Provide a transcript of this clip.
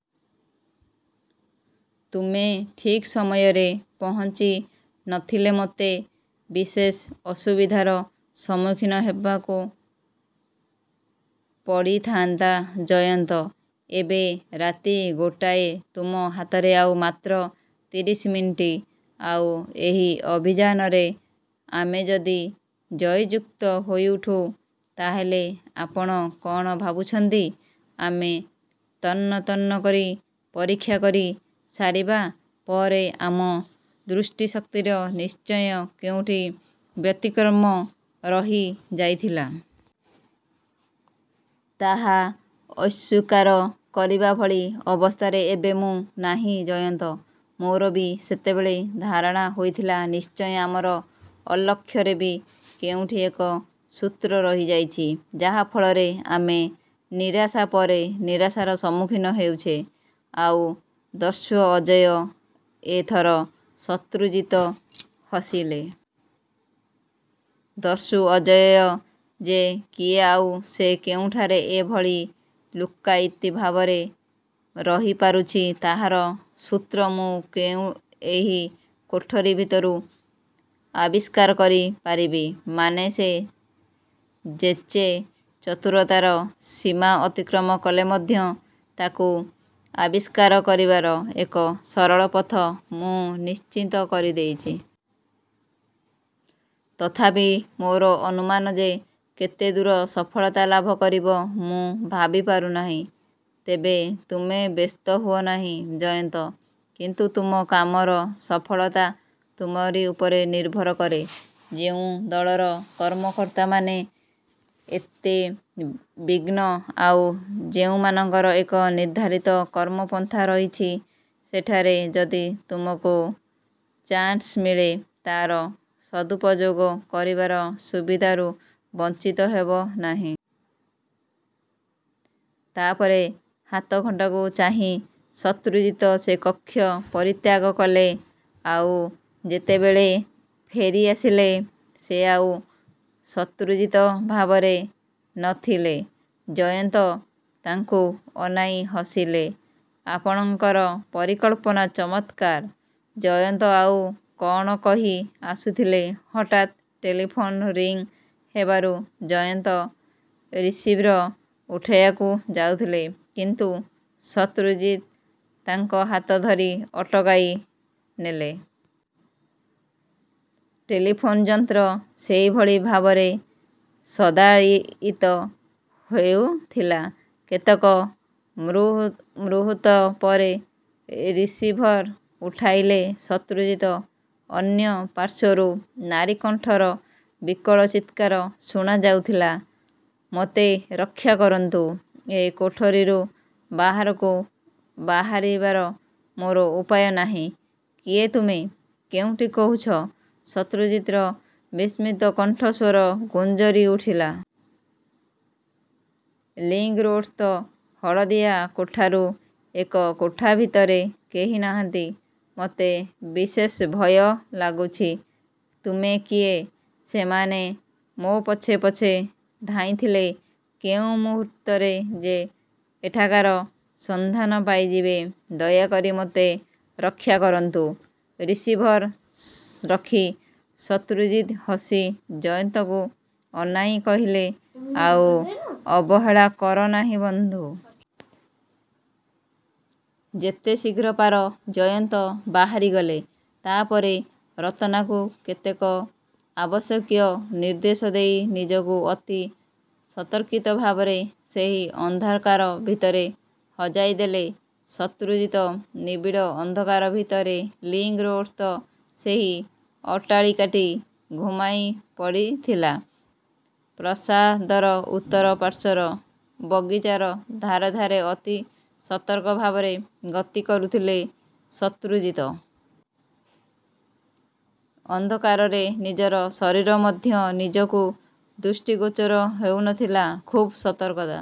ତୁମେ ଠିକ୍ ସମୟରେ ପହଞ୍ଚି ନ ଥିଲେ ମୋତେ ବିଶେଷ ଅସୁବିଧାର ସମ୍ମୁଖୀନ ହେବାଙ୍କୁ ପଡ଼ିଥାଆନ୍ତା, ଜୟନ୍ତ। ଏବେ ରାତି ଗୋଟାଏ। ତୁମ ହାତରେ ଆଉ ମାତ୍ର ତିରିଶ ମିନିଟ.. ଆଉ ଏହି ଅଭିଯାନରେ ଆମେ ଯଦି ଜୟଯୁକ୍ତ ହୋଇଉଠୁ ତା ହେଲେ ଆପଣ କଣ ଭାବୁଛନ୍ତି ଆମେ ତନ୍ନ ତନ୍ନ କରି ପରୀକ୍ଷା କରି ସାରିବା ପରେ ଆମ ଦୃଷ୍ଟି ଶକ୍ତିରେ ନିଶ୍ଚୟ କେଉଁଠି ବ୍ୟତିକ୍ରମ ରହି ଯାଇଥିଲା? ତାହା ଅସ୍ୱୀକାର କରିବା ଭଳି ଅବସ୍ଥାରେ ଏବେ ମୁଁ ନାହିଁ ଜୟନ୍ତ। ମୋର ବି ସେତେବେଳେ ଧାରଣା ହୋଇଥିଲା ନିଶ୍ଚୟ ଆମର ଅଲକ୍ଷ୍ୟରେ ବି କେଉଁଠି ଏକ ସୂତ୍ର ରହିଯାଇଛି-। ଯାହା ଫଳରେ ଆମେ ନିରାଶା ପରେ ନିରାଶାର ସମ୍ମୁଖୀନ ହେଉଛେ। ଆଉ ଦସ୍ୟୁ ଅଜୟ ଏ ଥର ଶତ୍ରୁଜିତ ହସିଲେ। ଦସ୍ୟୁ ଅଜୟ ଯେ କିଏ ଆଉ ସେ କେଉଁଠାରେ ଏ ଭଳି ଲୁକ୍କାୟିତ ଭାବରେ ରହିପାରୁଛି, ତାହାର ସୂତ୍ର ମୁଁ ଏହି କୋଠରି ଭିତରୁ ଆବିଷ୍କାର କରି ପାରିବି। ମାନେ ସେ ଯେଚେ ଚତୁରତାର ସୀମା ଅତିକ୍ରମ କଲେ ମଧ୍ୟ ତାକୁ ଆବିଷ୍କାର କରିବାର ଏକ ସରଳ ପଥ ମୁଁ ନିଶ୍ଚିତ କରିଦେଇଛି। ତଥାପି ମୋର ଅନୁମାନ ଯେ କେତେଦୂର ସଫଳତା ଲାଭ କରିବ, ମୁଁ ଭାବିପାରୁ ନାହିଁ। ତେବେ ତୁମେ ବ୍ୟସ୍ତ ହୁଅ ନାହିଁ ଜୟନ୍ତ। କିନ୍ତୁ ତୁମ କାମର ସଫଳତା ତୁମରି ଉପରେ ନିର୍ଭର କରେ। ଯେଉଁ ଦଳର କର୍ମକର୍ତ୍ତାମାନେ ଏତେ ବିଜ୍ଞ ଆଉ ଯେଉଁମାନଙ୍କର ଏକ ନିର୍ଦ୍ଧାରିତ କର୍ମପନ୍ଥା ରହିଛି, ସେଠାରେ ଯଦି ତୁମକୁ ଚାନ୍ସ ମିଳେ ତା'ର ସଦୁପଯୋଗ କରିବାର ସୁବିଧାରୁ ବଞ୍ଚିତ ହେବ ନାହିଁ। ତା ପରେ ହାତଘଣ୍ଟାକୁ ଚାହିଁ ଶତ୍ରୁଜିତ ସେ କକ୍ଷ ପରିତ୍ୟାଗ କଲେ, ଆଉ ଯେତେବେଳେ। ଫେରି ଆସିଲେ, ସେ ଆଉ ଶତ୍ରୁଜିତ ଭାବରେ ନ ଥିଲେ। ଜୟନ୍ତ ତାଙ୍କୁ ଅନାଇ ହସିଲେ। ଆପଣଙ୍କର ପରିକଳ୍ପନା ଚମତ୍କାର। ଜୟନ୍ତ ଆଉ କଣ କହିଆସୁଥିଲେ, ହଠାତ୍ ଟେଲିଫୋନ ରିଂ ହେବାରୁ ଜୟନ୍ତ ରିସିଭର ଉଠାଇବାକୁ ଯାଉଥିଲେ; କିନ୍ତୁ ଶତ୍ରୁଜିତ ତାଙ୍କ ହାତ ଧରି ଅଟକାଇ ନେଲେ। ଟେଲିଫୋନ ଯନ୍ତ୍ର ସେହିଭଳି ଭାବରେ ଶଦ୍ଦାୟିତ ହେଉଥିଲା। କେତେକ ମୃହୂର୍ତ୍ତ ପରେ ରିସିଭର ଉଠାଇଲେ ଶତ୍ରୁଜିତ। ଅନ୍ୟ ପାର୍ଶ୍ୱରୁ ନାରୀକଣ୍ଠର ବିକଳ ଚିତ୍କାର ଶୁଣା ଯାଉଥିଲା-ମୋତେ ରକ୍ଷା କରନ୍ତୁ। ଏ କୋଠରିରୁ ବାହାରକୁ ବାହାରିବାର ମୋର ଉପାୟ ନାହିଁ। କିଏ ତୁମେ କେଉଁଠୁ କହୁଛ? -ଶତ୍ରୁଜିତଙ୍କ ବିସ୍ମିତ କଣ୍ଠସ୍ୱର ଗୁଞ୍ଜରି ଉଠିଲା। ଲିଙ୍କ୍ ରୋଡ଼ସ୍ଥ ହଳଦିଆ କୋଠାରୁ। ଏ କୋଠା ଭିତରେ କେହି ନାହାନ୍ତି। ମୋତେ ବିଶେଷ ଭୟ ଲାଗୁଛି। ତୁମେ କିଏ? ସେମାନେ ମୋ ପଛେ ପଛେ ଧାଇଁଥିଲେ। କେଉଁ ମୁହୂର୍ତ୍ତରେ ଯେ ଏଠାକାର ସନ୍ଧାନ ପାଇଯିବେ। ଦୟାକରି ମୋତେ ରକ୍ଷା କରନ୍ତୁ। ରିସିଭର ରଖି ଶତ୍ରୁଜିତ ହସି ଜୟନ୍ତଙ୍କୁ ଅନାଇ କହିଲେ-ଆଉ ଅବହେଳା କର ନାହିଁ ବନ୍ଧୁ। ଯେତେ ଶୀଘ୍ର ପାର.. ଜୟନ୍ତ ବାହାରିଗଲେ। ତା ପରେ ରତନାକୁ କେତେକ ଆବଶ୍ୟକୀୟ ନିର୍ଦ୍ଦେଶ ଦେଇ ନିଜକୁ ଅତି ସତର୍କିତ ଭାବରେ ସେହି ଅନ୍ଧକାର ଭିତରେ ହଜାଇ ଦେଲେ ଶତ୍ରୁଜିତ। ନିବିଡ଼ ଅନ୍ଧକାର ଭିତରେ ଲିଙ୍କ୍ ରୋଡ଼ସ୍ଥ ସେହି ଅଟ୍ଟାଳିକାଟି ଘୁମାଇ ପଡ଼ିଥିଲା। ପ୍ରାସାଦର ଉତ୍ତର ପାର୍ଶ୍ୱର ବଗିଚାର ଧାରେ ଧାରେ ଅତି ସତର୍କ ଭାବରେ ଗତି କରୁଥିଲେ ଶତ୍ରୁଜିତ-। ଅନ୍ଧକାରରେ ନିଜର ଶରୀର ମଧ୍ୟ ନିଜକୁ ଦୃଷ୍ଟିଗୋଚର ହେଉ ନ ଥିଲା। ଖୁବ୍ ସତର୍କତା